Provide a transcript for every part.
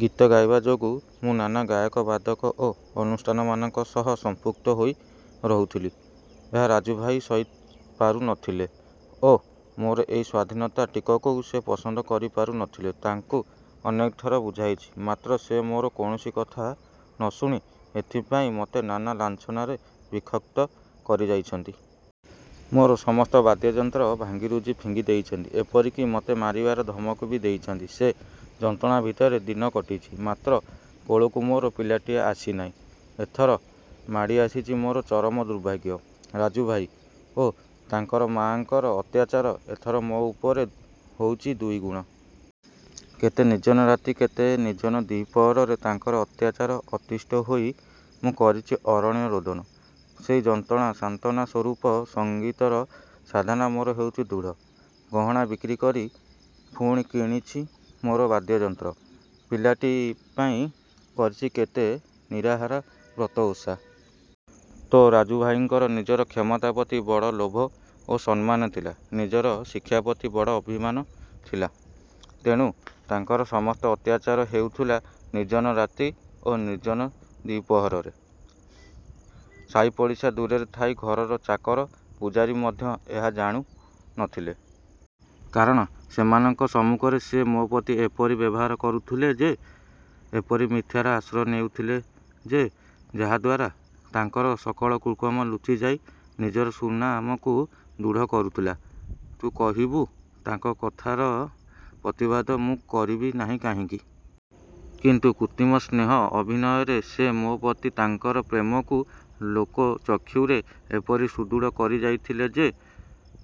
ଗୀତ ଗାଇବା ଯୋଗୁଁ ମୁଁ ନାନା ଗାୟକ, ବାଦକ ଓ ଅନୁଷ୍ଠାନମାନଙ୍କ ସହ ସଂପୃକ୍ତ ହୋଇ ରହୁଥିଲି। ଏହା ରାଜୁଭାଇ ସହିପାରୁ ନଥିଲେ ଓ ମୋର ଏଇ ସ୍ଵାଧୀନତା ଟିକକକୁ ସେ ପସନ୍ଦ କରିପାରୁ ନଥିଲେ। ତାଙ୍କୁ ଅନେକଥର ବୁଝାଇଚି, ମାତ୍ର ସେ ମୋର କୌଣସି କଥା ନଶୁଣି ଏଥିପାଇଁ ମତେ ନାନା ଲାଞ୍ଛନାରେ ବିକ୍ଷତ କରିଯାଇଛନ୍ତି। ମୋର ସମସ୍ତ ବାଦ୍ୟଯନ୍ତ୍ର ଭାଙ୍ଗିରୁଜି ଫିଙ୍ଗି ଦେଇଛନ୍ତି, ଏପରିକି ମତେ ମାରିବାର ଧମକ ବି ଦେଇଚନ୍ତି। ସେଇ ଯନ୍ତ୍ରଣା ଭିତରେ ଦିନ କଟିଚି। ମାତ୍ର କୋଳକୁ ମୋର ପିଲାଟିଏ ଆସିନାହିଁ। ଏଥର ମାଡ଼ି ଆସିଚି ମୋର ଚରମ ଦୁର୍ଭାଗ୍ୟ। ରାଜୁଭାଇ ଓ ତାଙ୍କର ମା'ଙ୍କର ଅତ୍ୟାଚାର ଏଥର ମୋ ଉପରେ ହୋଇଚି ଦୁଇଗୁଣ। କେତେ ନିର୍ଜନ ରାତି, କେତେ ନିର୍ଜନ ଦ୍ଵିପ୍ରହରରେ ତାଙ୍କର ଅତ୍ୟାଚାରରେ ଅତିଷ୍ଠ ହୋଇ ମୁଁ କରିଛି ଅରଣ୍ୟ ରୋଦନ। ସେଇ ଯନ୍ତ୍ରଣାର ସାନ୍ତ୍ୱନା ସ୍ୱରୂପ ସଙ୍ଗୀତର ସାଧନା ମୋର ହୋଇଚି ଦୃଢ଼। ଗହଣା ବିକ୍ରି କରି ପୁଣି କିଣିଚି ମୋର ବାଦ୍ୟଯନ୍ତ୍ର। ପିଲାଟି ପାଇଁ କରିଚି କେତେ ନିରାହାର ବ୍ରତ ଓଷା। ତୋ' ରାଜୁଭାଇଙ୍କର ନିଜର କ୍ଷମତା ପ୍ରତି ବଡ଼ ଲୋଭ ଓ ସମ୍ମାନ ଥିଲା। ନିଜର ଶିକ୍ଷାପ୍ରତି ବଡ଼ ଅଭିମାନ ଥିଲା, ତେଣୁ ତାଙ୍କର ସମସ୍ତ ଅତ୍ୟାଚାର ହେଉଥିଲା ନିର୍ଜନ ରାତି ଓ ନିର୍ଜନ ଦ୍ଵିପ୍ରହରରେ। ସାଇପଡ଼ିଶା ଦୂରେ ଥାଉ ଘରର ଚାକର ପୂଝାରୀ ମଧ୍ୟ ଏହା ଜାଣୁ ନଥିଲେ। କାରଣ ସେମାନଙ୍କ ସମ୍ମୁଖରେ ସେ ମୋ ପ୍ରତି ଏପରି ବ୍ୟବହାର କରୁଥିଲେ ଯେ, ଏପରି ମିଥ୍ୟାର ଆଶ୍ରୟ ନେଉଥିଲେ ଯେ, ଯା' ଦ୍ଵାରା ତାଙ୍କର ସକଳ କୁକର୍ମ ଲୁଚିଯାଇ, ନିଜର ସୁନାମକୁ ଦୃଢ଼ କରୁଥିଲା। ତୁ କହିବୁ, ତାଙ୍କ କଥାର ପ୍ରତିବାଦ ମୁଁ କରିବି ନାହିଁ କାହିଁକି? କିନ୍ତୁ କୃତ୍ରିମ ସ୍ନେହ ଅଭିନୟରେ ସେ ମୋ' ପ୍ରତି ତାଙ୍କର ପ୍ରେମକୁ ଲୋକଚକ୍ଷୁରେ ଏପରି ସୁଦୃଢ଼ କରିଯାଇଥିଲେ ଯେ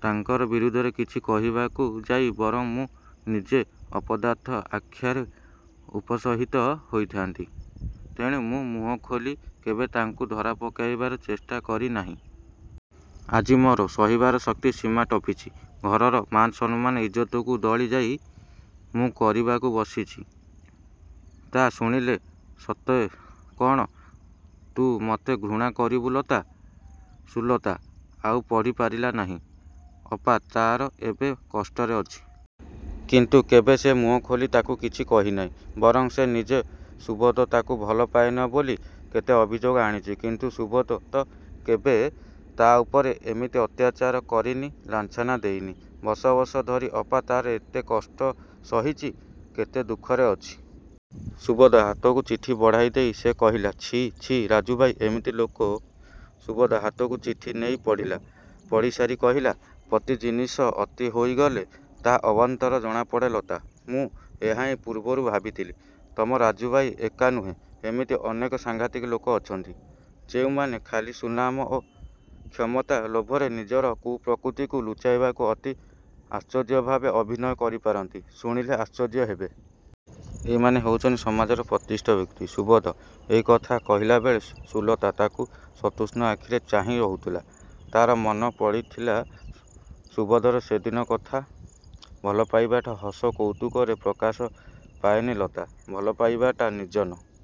ତାଙ୍କ ବିରୁଦ୍ଧରେ କିଛି କହିବାକୁ ଯାଇ ବରଂ ମୁଁ ନିଜେ ଅପଦାର୍ଥ ଆଖ୍ୟାରେ ଉପସହିତ ହୋଇଥାନ୍ତି। ତେଣୁ ମୁହଁ ଖୋଲି କେବେ ତାଙ୍କୁ ଧରାପକାଇବାର ଚେଷ୍ଟା କରି ନାହିଁ। ଆଜି ମୋର ସହିବାର ଶକ୍ତି ସୀମା ଟପିଚି। ଘରର ମାନସମ୍ମାନ ଇଜ୍ଜତକୁ ଦଳି ଯାହା ମୁଁ କରିବାକୁ ବସିଚି, ତା ଶୁଣିଲେ ସତେ କ'ଣ ତୁ ମତେ ଘୃଣା କରିବୁ ଲତା?" ସୁଲତା ଆଉ ପଢ଼ି ପାରିଲା ନାହିଁ। ଅପା ତାର ଏବେ କଷ୍ଟରେ ଅଛି? କିନ୍ତୁ କେବେ ସେ ମୁହଁଖୋଲି ତାକୁ କିଛି କହିନାହିଁ। ବରଂ ସେ ନିଜେ ସୁବୋଧ ତାକୁ ଭଲପାଏନା ବୋଲି କେତେ ଅଭିଯୋଗ ଆଣିଚି। କିନ୍ତୁ ସୁବୋଧ ତ କେବେ ତା' ଉପରେ ଏମିତି ଅତ୍ୟାଚାର କରିନି, ଲାଞ୍ଛନା ଦେଇନି, ବର୍ଷ ବର୍ଷ ଧରି ଅପା ତାର ଏତେ କଷ୍ଟ ସହିଚି, କେତେ ଦୁଃଖରେ ଅଛି! ସୁବୋଧ ହାତକୁ ଚିଠି ବଢ଼ାଇ ଦେଇ ସେ କହିଲା, "ଛି, ଛି, ରାଜୁଭାଇ ଏମିତି ଲୋକ!"ସୁବୋଧ ହାତକୁ ଚିଠି ନେଇ ପଢ଼ିଲା। ପଢ଼ିସାରି କହିଲା, "ପ୍ରତି ଜିନିଷ ଅତି ହୋଇଗଲେ ତାହା ଅବାନ୍ତର ଜଣାପଡ଼େ ଲତା! ମୁଁ ଏହାହିଁ ପୂର୍ବରୁ ଭାବିଥିଲି। ତମ ରାଜୁଭାଇ ଏକା ନୁହେଁ, ଏମିତି ଅନେକ ସାଙ୍ଘାତିକ ଲୋକ ଅଛନ୍ତି, ଯେଉଁମାନେ ଖାଲି ସୁନାମ ଓ କ୍ଷମତା ଲୋଭରେ ନିଜର କୁପ୍ରକୃତିକୁ ଲୁଚାଇବାକୁ ଅତି ଆଶ୍ଚର୍ଯ୍ୟଭାବେ ଅଭିନୟ କରିପାରନ୍ତି, ଶୁଣିଲେ ଆଶ୍ଚର୍ଯ୍ୟ ହେବେ। ଏଇମାନେ ହୋଇଥାନ୍ତି ସମାଜର ପ୍ରତିଷ୍ଠିତ ବ୍ୟକ୍ତି।"ସୁବୋଧ ଏଇ କଥା କହିଲାବେଳେ ସୁଲତା ତାକୁ ସତୃଷ୍ଣ ଆଖିରେ ଚାହିଁ ରହୁଥିଲା। ତାର ମନେ ପଡ଼ିଥିଲା ସୁବୋଧର ସେଦିନ କଥା ଭଲପାଇବାଟା ହସ କୌତୁକରେ ପ୍ରକାଶ ପାଏନି ଲତା, ଭଲପାଇବାଟା ନିର୍ଜନ।